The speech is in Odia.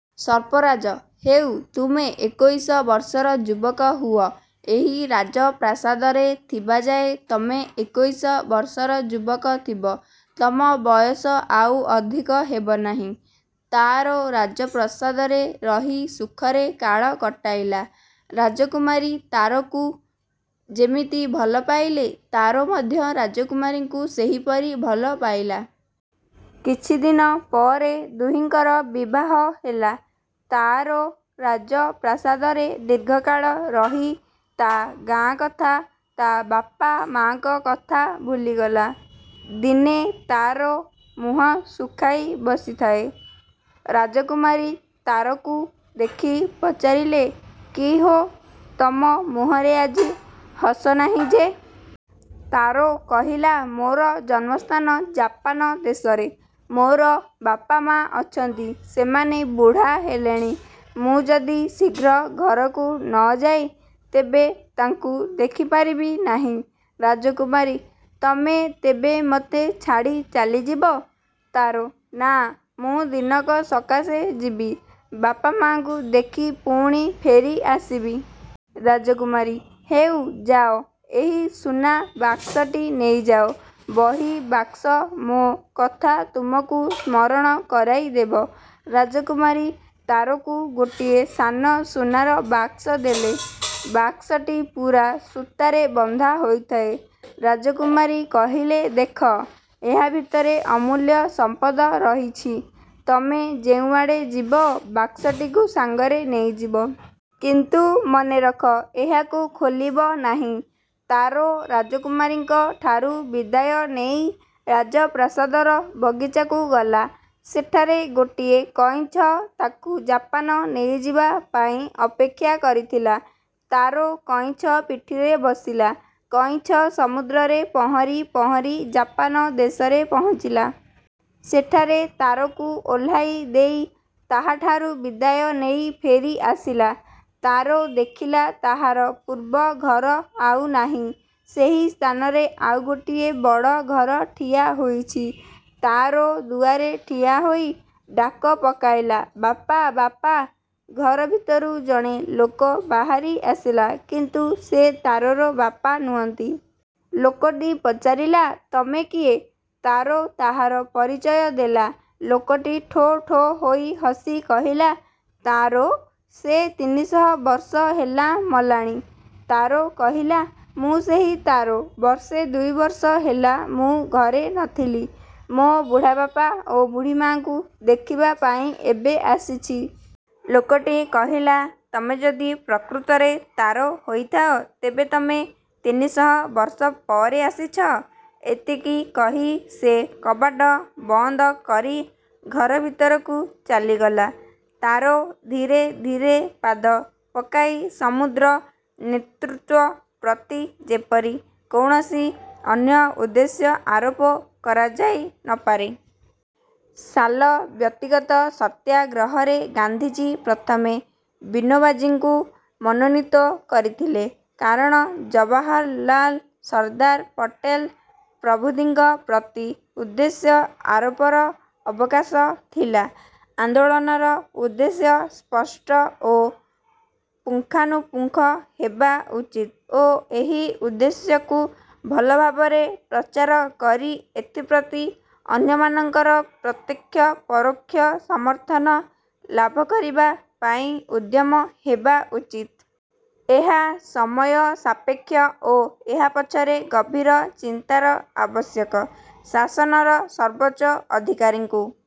ସର୍ପରାଜ-ହେଉ, ତୁମେ ଏକୋଇଶ ବର୍ଷର ଯୁବକ ହୁଅ। ଏହି ରାଜପ୍ରାସାଦରେ ଥିବାଯାଏ ତମେ ଏକୋଇଶ ବର୍ଷର ଯୁବକ ଥିବ। ତମ ବୟସ ଆଉ ଅଧିକ ହେବ ନାହିଁ। ତାରୋ ରାଜପ୍ରାସାଦରେ ରହି ସୁଖରେ କାଳ କଟାଇଲା। ରାଜକୁମାରୀ ତାରୋକୁ ଯେମିତି ଭଲ ପାଇଲେ, ତାରୋ ମଧ୍ୟ ରାଜକୁମାରୀଙ୍କୁ ସେହିପରି ଭଲ ପାଇଲା। କିଛିଦିନ ପରେ ଦୁହିଁଙ୍କର ବିବାହ ହେଲା। ତାରୋ ରାଜପ୍ରାସାଦରେ ଦୀର୍ଘକାଳ ରହି ତା' ଗାଁ କଥା, ତା' ବାପା ମାଁ'ଙ୍କ କଥା ଭୁଲିଗଲା। ଦିନେ ତାରୋ ମୁହଁ ଶୁଖାଇ ବସିଥାଏ। ରାଜକୁମାରୀ ତାରୋକୁ ଦେଖି ପଚାରିଲେ-କି ହୋ! ତମ ମୁହଁରେ ଆଜି ହସ ନାହିଁ ଯେ! ତାରୋ କହିଲା-ମୋର ଜନ୍ମସ୍ଥାନ ଜାପାନ ଦେଶରେ। ମୋର ବାପା ମା' ଅଛନ୍ତି। ସେମାନେ ବୁଢ଼ା ହେଲେଣି। ମୁଁ ଯଦି ଶୀଘ୍ର ଘରକୁ ନ ଯାଏ ତେବେ ତାଙ୍କୁ ଦେଖିପାରିବି ନାହିଁ। ରାଜକୁମାରୀ-ତମେ ତେବେ ମୋତେ ଛାଡ଼ି ଚାଲିଯିବ? ତାରୋ-ନାଁ, ମୁଁ ଦିନକ ସକାଶେ ଯିବି। ବାପା ମା'ଙ୍କୁ ଦେଖି ପୁଣି ଫେରି ଆସିବି। ରାଜକୁମାରୀ-ହେଉ, ଯାଅ। ଏହି ସୁନା ବାକ୍ସଟି ନେଇଯାଅ। ବହି ବାକ୍ସ ମୋ କଥା ତୁମକୁ ସ୍ମରଣ କରାଇଦେବ। ରାଜକୁମାରୀ ତାରୋକୁ ଗୋଟିଏ ସାନ ସୁନାର ବାକ୍ସ ଦେଲେ। ବାକ୍ସଟି ରୂପା ସୂତାରେ ବନ୍ଧା ହୋଇଥାଏ। ରାଜକୁମାରୀ କହିଲେ-ଦେଖ! ଏହା ଭିତରେ ଅମୂଲ୍ୟ ସମ୍ପଦ ରହିଛି। ତମେ ଯେଉଁଆଡ଼େ ଯିବ, ବାକ୍ସଟିକୁ ସାଙ୍ଗରେ ନେଇଯିବ। କିନ୍ତୁ ମନେରଖ, ଏହାକୁ ଖୋଲିବ ନାହିଁ। ତାରୋ ରାଜକୁମାରୀଙ୍କ ଠାରୁ ବିଦାୟ ନେଇ ରାଜପ୍ରାସାଦର ବଗିଚାକୁ ଗଲା। ସେଠାରେ ଗୋଟିଏ କଇଁଛ ତାକୁ ଜାପାନ ନେଇଯିବା ପାଇଁ ଅପେକ୍ଷା କରିଥିଲା। ତାରୋ କଇଁଛ ପିଠିରେ ବସିଲା। କଇଁଛ ସମୁଦ୍ରରେ ପହଁରି ପହଁରି ଜାପାନ ଦେଶରେ ପହଞ୍ଚିଲା। ସେଠାରେ ତାରୋକୁ ଓହ୍ଲାଇ ଦେଇ ତାହାଠାରୁ ବିଦାୟ ନେଇ ଫେରି ଆସିଲା। ତାରୋ ଦେଖିଲା ତାହାର ପୂର୍ବ ଘର ଆଉ ନାହିଁ। ସେହି ସ୍ଥାନରେ ଆଉ ଗୋଟିଏ ବଡ଼ ଘର ଠିଆ ହୋଇଛି। ତାରୋ ଦୁଆରେ ଠିଆ ହୋଇ ଡାକ ପକାଇଲା-ବାପା, ବାପା! ଘର ଭିତରୁ ଜଣେ ଲୋକ ବାହାରି ଆସିଲା, କିନ୍ତୁ ସେ ତାରୋର ବାପା ନୁହନ୍ତି। ଲୋକଟି ପଚାରିଲା-ତମେ କିଏ? ତାରୋ ତାହାର ପରିଚୟ ଦେଲା। ଲୋକଟି ଠୋ ଠୋ ହୋଇ ହସି କହିଲା-ତାରୋ! ସେ ତିନିଶହ ବର୍ଷ ହେଲା ମଲାଣି। ତାରୋ କହିଲା-ମୁଁ ସେହି ତାରୋ। ବର୍ଷେ ଦୁଇବର୍ଷ ହେଲା ମୁଁ ଘରେ ନ ଥିଲି। ମୋ ବୁଢ଼ାବାପା ଓ ବୁଢ଼ୀମା'ଙ୍କୁ ଦେଖିବା ପାଇଁ ଏବେ ଆସିଛି। ଲୋକଟି କହିଲା- ତମେ ଯଦି ପ୍ରକୃତରେ ତାରୋ ହୋଇଥାଅ, ତେବେ ତମେ ତିନିସହ ବର୍ଷ ପରେ ଆସିଛ। ଏତିକି କହି ସେ କବାଟ ବନ୍ଦ କରି ଘର ଭିତରକୁ ଚାଲିଗଲା। ତାରୋ ଧୀରେ ଧୀରେ ପାଦ ପକାଇ ସମୁଦ୍ର। ନେତୃତ୍ୱ ପ୍ରତି ଯେପରି କୌଣସି ଅନ୍ୟ ଉଦ୍ଦେଶ୍ୟ ଆରୋପ କରାଯାଇ ନ ପାରେ। ସାଲ ବ୍ୟକ୍ତିଗତ ସତ୍ୟାଗ୍ରହରେ ଗାନ୍ଧିଜୀ ପ୍ରଥମେ ବିନୋବାଜୀଙ୍କୁ ମନୋନୀତ କରିଥିଲେ। କାରଣ ଜବାହରଲାଲ, ସର୍ଦ୍ଦାର ପଟେଲ ପ୍ରଭୃତିଙ୍କ ପ୍ରତି ଉଦ୍ଦେଶ୍ୟ ଆରୋପର ଅବକାଶ ଥିଲା। ଆନ୍ଦୋଳନର ଉଦ୍ଦେଶ୍ୟ ସ୍ପଷ୍ଟ ଓ ପୁଙ୍ଖାନୁପୁଙ୍ଖ ହେବା ଉଚିତ ଓ ଏହି ଉଦ୍ଦେଶ୍ୟକୁ ଭଲଭାବରେ ପ୍ରଚାର କରି ଏଥିପ୍ରତି ଅନ୍ୟମାନଙ୍କର ପ୍ରତ୍ୟକ୍ଷ ପରୋକ୍ଷ ସମର୍ଥନ ଲାଭ କରିବା ପାଇଁ ଉଦ୍ୟମ ହେବା ଉଚିତ। ଏହା ସମୟ ସାପେକ୍ଷ ଓ ଏହା ପଛରେ ଗଭୀର ଚିନ୍ତାର ଆବଶ୍ୟକ। ଶାସନର ସର୍ବୋଚ୍ଚ ଅଧିକାରୀଙ୍କୁ